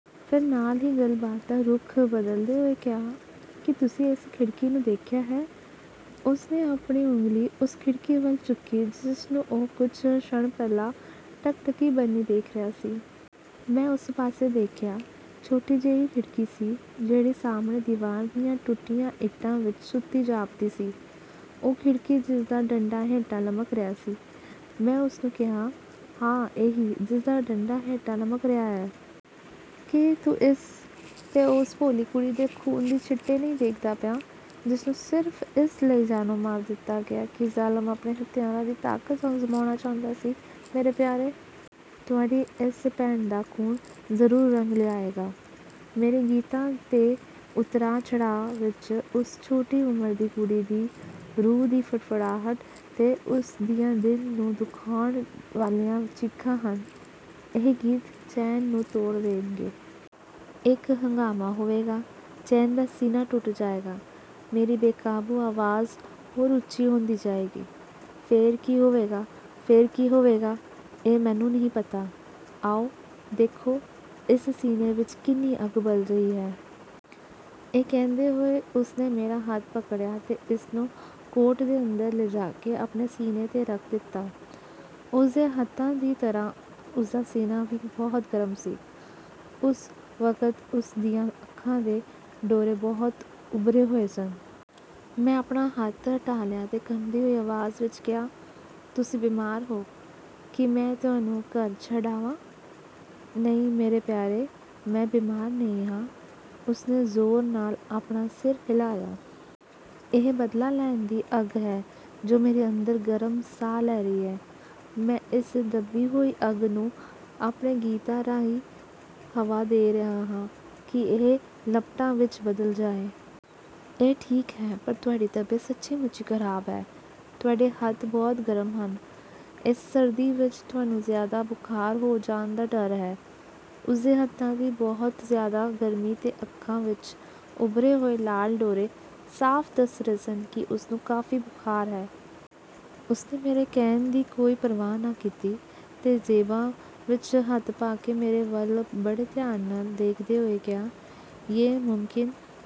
ਫੇਰ ਨਾਲ ਹੀ ਗੱਲਬਾਤ ਦਾ ਰੁਖ਼ ਬਦਲਦੇ ਹੋਏ ਕਿਹਾ, ਕੀ ਤੁਸੀਂ ਇਸ ਖਿੜਕੀ ਨੂੰ ਦੇਖਿਆ ਹੈ? ਉਸ ਨੇ ਆਪਣੀ ਉਂਗਲੀ ਉਸ ਖਿੜਕੀ ਵੱਲ ਚੁੱਕੀ ਜਿਸਨੂੰ ਉਹ ਕੁਝ ਛਿਣ ਪਹਿਲਾਂ ਟਿਕਟਿਕੀ ਬੰਨ੍ਹੀ ਦੇਖ ਰਿਹਾ ਸੀ। ਮੈਂ ਓਸ ਪਾਸੇ ਦੇਖਿਆ। ਛੋਟੀ ਜਿਹੀ ਖਿੜਕੀ ਸੀ ਜਿਹੜੀ ਸਾਹਮਣੇ ਦੀਵਾਰ ਦੀਆਂ ਟੁੱਟੀਆਂ ਇੱਟਾਂ ਵਿਚ ਸੁੱਤੀ ਜਾਪਦੀ ਸੀ। ਓਹ ਖਿੜਕੀ ਜਿਸਦਾ ਡੰਡਾ ਹੇਠਾਂ ਲਮਕ ਰਿਹਾ ਹੈ? ਮੈਂ ਉਸ ਨੂੰ ਕਿਹਾ। ਹਾਂ ਇਹੀ, ਜਿਸਦਾ ਡੰਡਾ ਹੇਠਾਂ ਲਮਕ ਰਿਹਾ ਹੈ। ਕੀ ਤੂੰ ਇਸ ’ਤੇ ਉਸ ਭੋਲੀ ਕੁੜੀ ਦੇ ਖੂਨ ਦੇ ਛਿੱਟੇ ਨਹੀਂ ਦੇਖਦਾ ਪਿਆ, ਜਿਸਨੂੰ ਸਿਰਫ਼ ਇਸ ਲਈ ਜਾਨੋਂ ਮਾਰ ਦਿੱਤਾ ਗਿਆ ਕਿ ਜ਼ਾਲਮ ਆਪਣੇ ਹਥਿਆਰਾਂ ਦੀ ਤਾਕਤ ਅਜ਼ਮਾਉਣਾ ਚਾਹੁੰਦਾ ਸੀ, ਮੇਰੇ ਪਿਆਰੇ। ਤੁਹਾਡੀ ਇਸ ਭੈਣ ਦਾ ਖ਼ੂਨ ਜ਼ਰੂਰ ਰੰਗ ਲਿਆਏਗਾ। ਮੇਰੇ ਗੀਤਾਂ ਦੇ ਉਤਰਾਅ-ਚੜ੍ਹਾਅ ਵਿੱਚ ਉਸ ਛੋਟੀ ਉਮਰ ਦੀ ਕੁੜੀ ਦੀ ਰੂਹ ਦੀ ਫੜਫੜਾਹਟ ਤੇ ਉਸ ਦੀਆਂ ਦਿਲ ਨੂੰ ਦੁਖਾਉਣ ਵਾਲੀਆਂ ਚੀਖਾਂ ਹਨ। ਇਹ ਗੀਤ ਚੈਨ ਨੂੰ ਤੋੜ ਦੇਣਗੇ। ਇੱਕ ਹੰਗਾਮਾ ਹੋਵੇਗਾ। ਚੈਨ ਦਾ ਸੀਨਾ ਟੁੱਟ ਜਾਏਗਾ। ਮੇਰੀ ਬੇਕਾਬੂ ਆਵਾਜ਼ ਹੋਰ ਉੱਚੀ ਹੁੰਦੀ ਜਾਏਗੀ। ਫਿਰ ਕੀ ਹੋਵੇਗਾ? ਫਿਰ ਕੀ ਹੋਵੇਗਾ? ਇਹ ਮੈਨੂੰ ਨਹੀਂ ਪਤਾ। ਆਓ, ਦੇਖੋ, ਇਸ ਸੀਨੇ ਵਿੱਚ ਕਿੰਨੀ ਅੱਗ ਬਲ ਰਹੀ ਹੈ। ਇਹ ਕਹਿੰਦੇ ਹੋਏ ਉਸ ਨੇ ਮੇਰਾ ਹੱਥ ਪਕੜਿਆ ਤੇ ਇਸਨੂੰ ਕੋਟ ਦੇ ਅੰਦਰ ਲਿਜਾ ਕੇ ਆਪਣੇ ਸੀਨੇ ’ਤੇ ਰੱਖ ਦਿੱਤਾ। ਉਸ ਦੇ ਹੱਥਾਂ ਦੀ ਤਰ੍ਹਾਂ ਉਸਦਾ ਸੀਨਾ ਵੀ ਬਹੁਤ ਗਰਮ ਸੀ। ਉਸ ਵਕਤ ਉਸ ਦੀਆਂ ਅੱਖਾਂ ਦੇ ਡੋਰੇ ਬਹੁਤ ਉੱਭਰੇ ਹੋਏ ਸਨ। ਮੈਂ ਆਪਣਾ ਹੱਥ ਹਟਾ ਲਿਆ ਤੇ ਕੰਬਦੀ ਹੋਈ ਆਵਾਜ਼ ਵਿੱਚ ਕਿਹਾ, ਤੁਸੀਂ ਬਿਮਾਰ ਹੋ। ਕੀ ਮੈਂ ਤੁਹਾਨੂੰ ਘਰ ਛੱਡ ਆਵਾਂ? ਨਹੀਂ ਮੇਰੇ ਪਿਆਰੇ, ਮੈਂ ਬਿਮਾਰ ਨਹੀਂ ਹਾਂ। ਉਸ ਨੇ ਜ਼ੋਰ ਨਾਲ ਆਪਣਾ ਸਿਰ ਹਿਲਾਇਆ। ਇਹ ਬਦਲਾ ਲੈਣ ਦੀ ਅੱਗ ਹੈ ਜੋ ਮੇਰੇ ਅੰਦਰ ਗਰਮ ਸਾਹ ਲੈ ਰਹੀ ਹੈ। ਮੈਂ ਇਸ ਦੱਬੀ ਹੋਈ ਅੱਗ ਨੂੰ ਆਪਣੇ ਗੀਤਾਂ ਰਾਹੀਂ ਹਵਾ ਦੇ ਰਿਹਾ ਹਾਂ ਕਿ ਇਹ ਲਪਟਾਂ ਵਿੱਚ ਬਦਲ ਜਾਏ। ਇਹ ਠੀਕ ਹੈ ਪਰ ਤੁਹਾਡੀ ਤਬੀਅਤ ਸੱਚੀਂ-ਮੁੱਚੀਂ ਖਰਾਬ ਹੈ। ਤੁਹਾਡੇ ਹੱਥ ਬਹੁਤ ਗਰਮ ਹਨ। ਇਸ ਸਰਦੀ ਵਿੱਚ ਤੁਹਾਨੂੰ ਜ਼ਿਆਦਾ ਬੁਖਾਰ ਹੋ ਜਾਣ ਦਾ ਡਰ ਹੈ। ਉਸ ਦੇ ਹੱਥਾਂ ਦੀ ਬਹੁਤ ਜ਼ਿਆਦਾ ਗਰਮੀ ਤੇ ਅੱਖਾਂ ਵਿੱਚ ਉੱਭਰੇ ਹੋਏ ਲਾਲ ਡੋਰੇ ਸਾਫ਼ ਦੱਸ ਰਹੇ ਸਨ ਕਿ ਉਸਨੂੰ ਕਾਫ਼ੀ ਬੁਖਾਰ ਹੈ। ਉਸ ਨੇ ਮੇਰੇ ਕਹਿਣ ਦੀ ਕੋਈ ਪਰਵਾਹ ਨਾ ਕੀਤੀ ਤੇ ਜੇਬਾਂ ਵਿੱਚ ਹੱਥ ਪਾ ਕੇ ਮੇਰੇ ਵੱਲ ਬੜੇ ਧਿਆਨ ਨਾਲ ਦੇਖਦੇ ਹੋਏ ਕਿਹਾ, ਯੇ ਮੁਮਕਿਨ